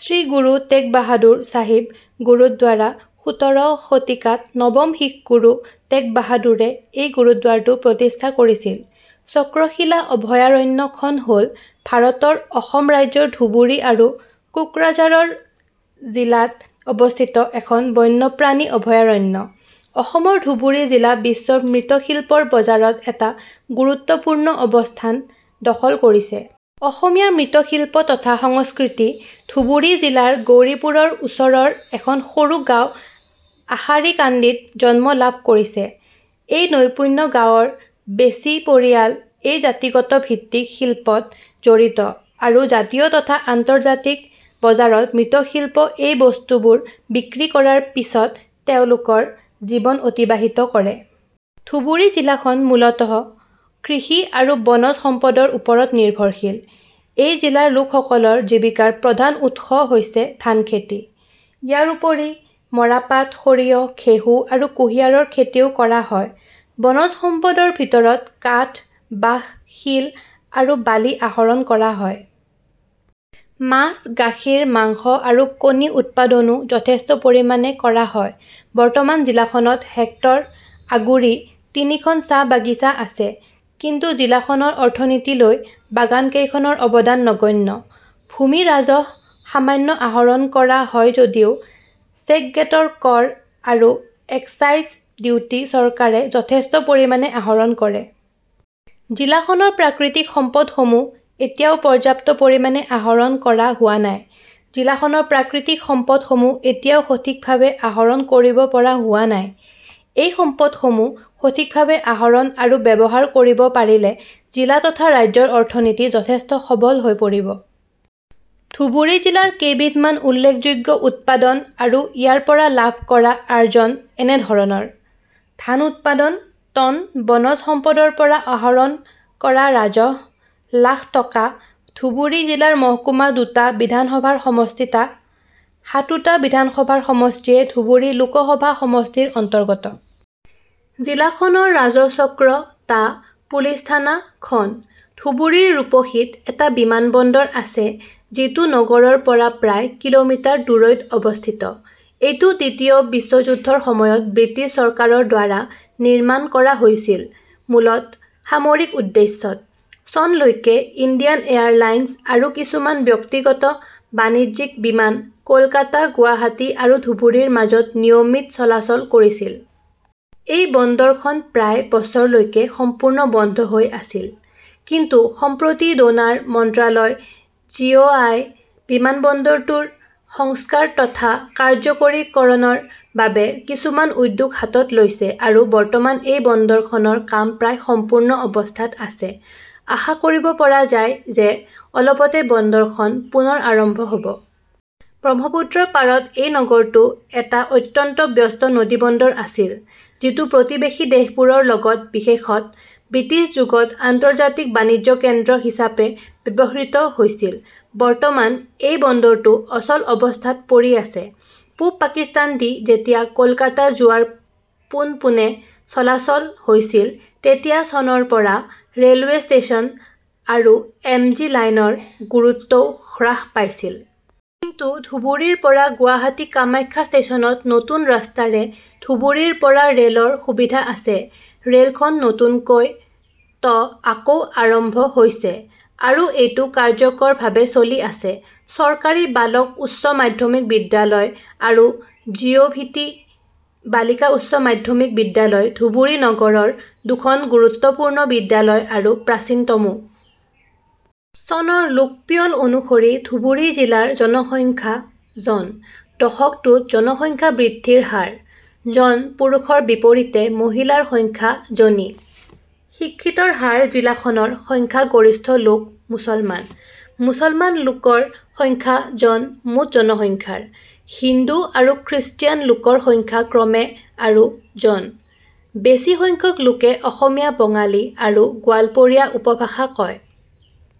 শ্ৰী গুৰু টেগ বাহাদুৰ চাহিব গুৰুদ্বাৰা সোতৰ শতিকাত নৱম শিখগুৰু টেগবাহাদুৰে এই গুৰুদ্বাৰটো প্ৰতিষ্ঠা কৰিছিল। চক্ৰশিলা অভয়াৰণ্য খন হ'ল ভাৰতৰ অসম ৰাজ্যৰ ধুবুৰী আৰু কোকৰাঝাৰ জিলাত অৱস্থিত এখন বন্যপ্ৰাণী অভয়াৰণ্য। অসমৰ ধুবুৰী জিলা বিশ্বৰ মৃৎশিল্পৰ বজাৰত এটা গুৰুত্বপূৰ্ণ অৱস্থান দখল কৰিছে। অসমীয়া মৃৎশিল্প তথা সংস্কৃতি ধুবুৰী জিলাৰ গৌৰীপুৰৰ ওচৰৰ এখন সৰু গাওঁ আশাৰীকান্দি ত জন্ম লাভ কৰিছে। এই নৈপুণ্য গাঁৱৰ -ৰ বেছি পৰিয়াল এই জাতিগত ভিত্তিক শিল্প -ত জড়িত আৰু জাতীয় তথা আন্তৰ্জাতিক বজাৰত মৃৎশিল্প এই বস্তুবোৰ বিক্ৰী কৰাৰ পিছত তেওঁলকৰ জীৱন অতিবাহিত কৰে। ধুবুৰী জিলাখন মূলতঃ কৃষি আৰু বনজ সম্পদৰ ওপৰত নিৰ্ভৰশীল। এই জিলাৰ লোকসকলৰ জীৱিকাৰ প্ৰধান উৎস হৈছে ধানখেতি। ইয়াৰোপৰি মৰাপাট, সৰিয়হ, ঘেঁহু আৰু কুহিয়াৰৰ খেতিও কৰা হয়। বনজ সম্পদৰ ভিতৰত কাঠ, বাঁহ, শিল আৰু বালি আহৰণ কৰা হয়। মাছ, গাখীৰ, মাংস আৰু কণী উৎপাদনো যথেষ্ট পৰিমাণে কৰা হয়। বৰ্তমান জিলাখনত. হেক্টৰ আগুৰি তিনিখন চাহ বাগিছা আছে, কিন্তু জিলাখনৰ অৰ্থনীতি লৈ বাগান কেইখনৰ অৱদান নগণ্য। ভূমি ৰাজহ সামান্য আহৰণ কৰা হয় যদিও চেক গেটৰ কৰ আৰু এক্সাইজ ডিউটি চৰকাৰে যথেষ্ট পৰিমাণে আহৰণ কৰে। জিলাখনৰ প্ৰাকৃতিক সম্পদ সমূহ এতিয়াও পৰ্যাপ্ত পৰিমাণে আহৰণ কৰা হোৱা নাই। জিলাখনৰ প্ৰাকৃতিক সম্পদ সমূহ এতিয়াও সঠিকভাৱে আহৰণ কৰিব পৰা হোৱা নাই, এই সম্পদসমূহ সঠিকভাৱে আহৰণ আৰু ব্যৱহাৰ কৰিব পাৰিলে জিলা তথা ৰাজ্যৰ অৰ্থনীতি যথেষ্ট সবল হৈ পৰিব। ধুবুৰী জিলাৰ কেইবিধমান উল্লেখযোগ্য উৎপাদন আৰু ইয়াৰ পৰা লাভ কৰা আৰ্জন এনে ধৰণৰ- ধান উৎপাদন: টন বনজ সম্পদৰ পৰা আহৰণ কৰা ৰাজহ: লাখ টকা ধুবুৰী জিলাৰ মহকুমা দুটা বিধানসভাৰ সমষ্টি টা। সাতোটা বিধানসভাৰ সমষ্টিয়ে ধুবুৰী লোকসভা সমষ্টিৰ অন্তৰ্গত। জিলাখনৰ ৰাজহ চক্ৰ টা, পুলিচ থানা খন। ধুবুৰীৰ ৰূপসীত এটা বিমানবন্দৰ আছে যিটো নগৰৰ পৰা প্ৰায় কিলোমিটাৰ দূৰৈত অৱস্থিত। এইটো দ্বিতীয় বিশ্বযুদ্ধৰ সময়ত ব্ৰিটিছ চৰকাৰৰ দ্বাৰা নিৰ্মাণ কৰা হৈছিল। মূলত সামৰিক উদ্দেশ্যত। চন লৈকে, ইণ্ডিয়ান এয়াৰলাইনচ আৰু কিছুমান ব্যক্তিগত বাণিজ্যিক বিমান কলকাতা, গুৱাহাটী আৰু ধুবুৰী ৰ মাজত নিয়মিত চলাচল কৰিছিল। এই বন্দৰখন প্ৰায় বছৰ লৈকে সম্পূৰ্ণ বন্ধ হৈ আছিল। কিন্তু, সম্প্ৰতি ডোনাৰ মন্ত্ৰণালয়, জিঅআই, বিমানবন্দৰটোৰ সংস্কাৰ তথা কাৰ্যকৰীকৰণৰ বাবে কিছুমান উদ্যোগ হাতত লৈছে আৰু বৰ্তমান এই বন্দৰখনৰ কাম প্ৰায় সম্পূৰ্ণ অৱস্থাত আছে। আশা কৰিব পৰা যায় যে, অলপতে বন্দৰখন পুনৰ আৰম্ভ হ'ব। ব্ৰহ্মপুত্ৰ ৰ পাৰত এই নগৰটো এটা অত্যন্ত ব্যস্ত নদীবন্দৰ আছিল যিটো প্ৰতিবেশী দেশবোৰৰ লগত বিশেষত ব্ৰিটিছ যুগত আন্তৰ্জাতিক বাণিজ্য কেন্দ্ৰ হিচাপে ব্যৱহৃত হৈছিল। বৰ্তমান, এই বন্দৰটো অচল অৱস্থাত পৰি আছে। পূব পাকিস্তান দি যেতিয়া কলকাতা যোৱাৰ পোন পোনে চলাচল হৈছিল তেতিয়া চনৰ পৰা ৰে'লৱে ষ্টেচন আৰু এমজি লাইনৰ গুৰুত্বও হ্ৰাস পাইছিল। কিন্তু ধুবুৰীৰ পৰা গুৱাহাটী কামাখ্যা ষ্টেচনত নতুন ৰাস্তাৰে ধুবুৰীৰ পৰা ৰে'লৰ সুবিধা আছে। ৰে'লখন নতুনকৈ -ত আকৌ আৰম্ভ হৈছে, আৰু এইটো কাৰ্যকৰভাবে চলি আছে। চৰকাৰী বালক উচ্চ মাধ্যমিক বিদ্যালয় আৰু জিঅভিটি বালিকা উচ্চ মাধ্যমিক বিদ্যালয় ধুবুৰী নগৰৰ দুখন গুৰুত্বপূৰ্ণ বিদ্যালয় আৰু প্ৰাচীনতমও। চনৰ লোকপিয়ল অনুসৰি ধুবুৰী জিলাৰ জনসংখ্যা জন। দশকটোত জনসংখ্যা বৃদ্ধিৰ হাৰ। জন পুৰুষৰ বিপৰীতে মহিলাৰ সংখ্যা জনী। শিক্ষিতৰ হাৰ জিলাখনৰ সংখ্যা গৰিষ্ঠ লোক মুছলমান। মুছলমান লোকৰ সংখ্যা জন- মুঠ জনসংখ্যাৰ। হিন্দু আৰু খ্ৰীষ্টিয়ান লোকৰ সংখ্যা ক্ৰমে আৰু জন। বেছি সংখ্যক লোকে অসমীয়া 'বঙালী আৰু গোৱালপৰীয়া উপভাষা কয়।